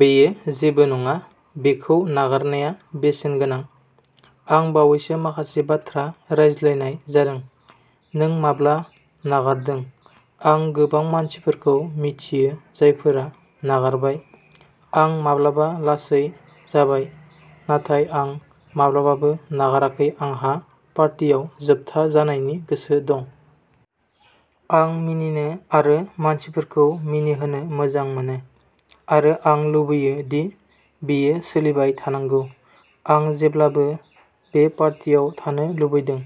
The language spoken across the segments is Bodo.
बेयो जेबो नङा। बेखौ नागारनाया बेसेनगोनां। आं बावैसो माखासे बाथ्रा रायज्लायनाय जादों, "नों माब्ला नागारदों? " आं गोबां मानसिफोरखौ मिथियो जायफोरा नागारबाय। आं माब्लाबा लासै जाबाय, नाथाय आं माब्लाबाबो नागाराखै। आंहा पार्टियाव जोबथा जानायनि गोसो दं। आं मिनिनो आरो मानसिफोरखौ मिनिहोनो मोजां मोनो, आरो आं लुबैयो दि बेयो सोलिबाय थानांगौ। आं जेब्लाबो बे पार्टियाव थानो लुबैदों।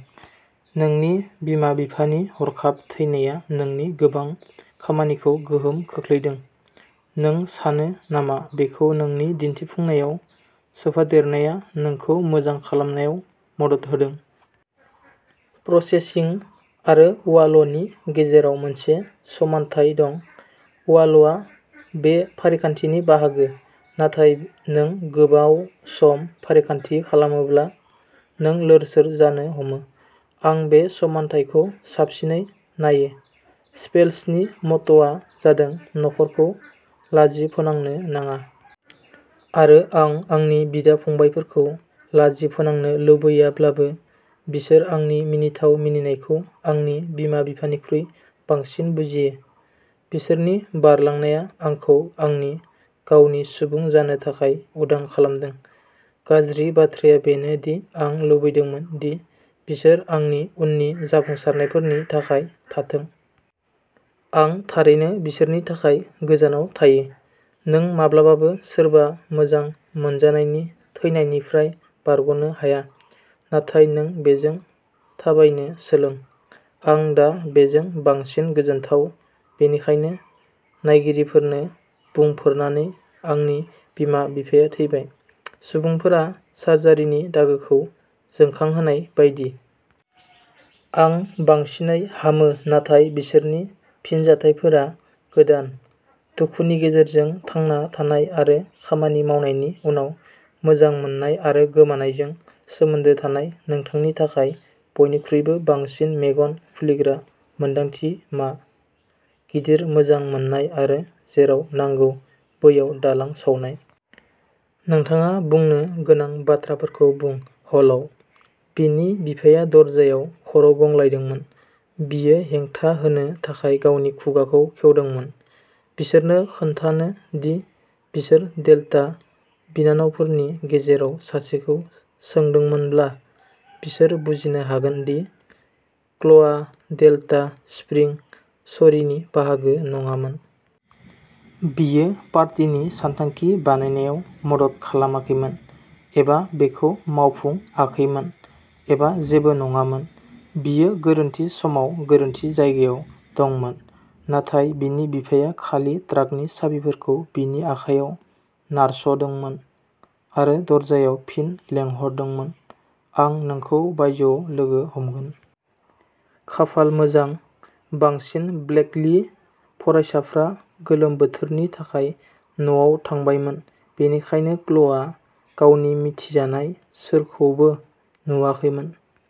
नोंनि बिमा-बिफानि हरखाब थैनाया नोंनि गोबां खामानिखौ गोहोम खोख्लैदों। नों सानो नामा बेखौ नोंनि दिन्थिफुंनायाव सोफादेरनाया नोंखौ मोजां खालामनायाव मदद होदों? प्रसेसिं आरो वाल'नि गेजेराव मोनसे समानथाय दं। वाल'आ बे फारिखान्थिनि बाहागो, नाथाय नों गोबाव सम फारिखान्थि खालामोब्ला, नों लोरसोर जानो हमो। आं बे समानथायखौ साबसिनै नायो। स्पेल्सनि म'ट'आ जादों "न'खरखौ लाजि फोनांनो नाङा। " आरो आं आंनि बिदा-फंबायफोरखौ लाजि फोनांनो लुबैयाब्लाबो, बिसोर आंनि मिनिथाव मिनिनायखौ आंनि बिमा-बिफानिख्रुइ बांसिन बुजियो। बिसोरनि बारलांनाया आंखौ आंनि गावनि सुबुं जानो थाखाय उदां खालामदों। गाज्रि बाथ्राया बेनो दि आं लुबैदोंमोन दि बिसोर आंनि उननि जाफुंसारनायफोरनि थाखाय थाथों। आं थारैनो बिसोरनि थाखाय गोजानाव थायो। नों माब्लाबाबो सोरबा मोजां मोनजानायनि थैनायनिफ्राय बारग'नो हाया, नाथाय नों बेजों थाबायनो सोलोंो। आं दा बेजों बांसिन गोजोनथाव, बेनिखायनो नायगिरिफोरनो बुंफोरनानै, "आंनि बिमा-बिफाया थैबाय", सुबुंफोरा सार्जारिनि दागोखौ जोंखांहोनाय बायदि। आं बांसिनै हामो नाथाय बिसोरनि फिनजाथायफोरा गोदान। दुखुनि गेजेरजों थांना थानाय आरो खामानि मावनायनि उनाव, मोजां मोननाय आरो गोमानायजों सोमोन्दो थानाय नोंथांनि थाखाय बयनिख्रुइबो बांसिन मेगन खुलिग्रा मोनदांथि मा? गिदिर मोजां मोन्नाय आरो जेराव नांगौ बैयाव दालां सावनाय। नोंथाङा बुंनो गोनां बाथ्राफोरखौ बुं। हलआव? बिनि बिफाया दरजायाव खर'गंग्लायदोंमोन। बियो हेंथा होनो थाखाय गावनि खुगाखौ खेवदोंमोन, बिसोरनो खोन्थानो दि बिसोर डेल्टा बिनानावफोरनि गेजेराव सासेखौ सोंदोंमोनब्ला, बिसोर बुजिनो हागोन दि क्ल'या डेल्टा स्प्रिं स'रीनि बाहागो नङामोन। बियो पार्टिनि सानथांखि बानायनायाव मदद खालामाखैमोन एबा बेखौ मावफुंाखैमोन एबा जेबो नङामोन। बियो गोरोन्थि समाव गोरोन्थि जायगायाव दंमोन। नाथाय बिनि बिफाया खालि ट्राकनि साबिफोरखौ बिनि आखायाव नारस'दोंमोन आरो दरजायाव फिन लेंहरदोंमोन। आं नोंखौ बायजोआव लोगो हमगोन। खाफाल मोजां, बांसिन ब्लेकली फरायसाफ्रा गोलोम बोथोरनि थाखाय न'आव थांबायमोन, बेनिखायनो क्ल'आ गावनि मिथिजानाय सोरखौबो नुवाखैमोन।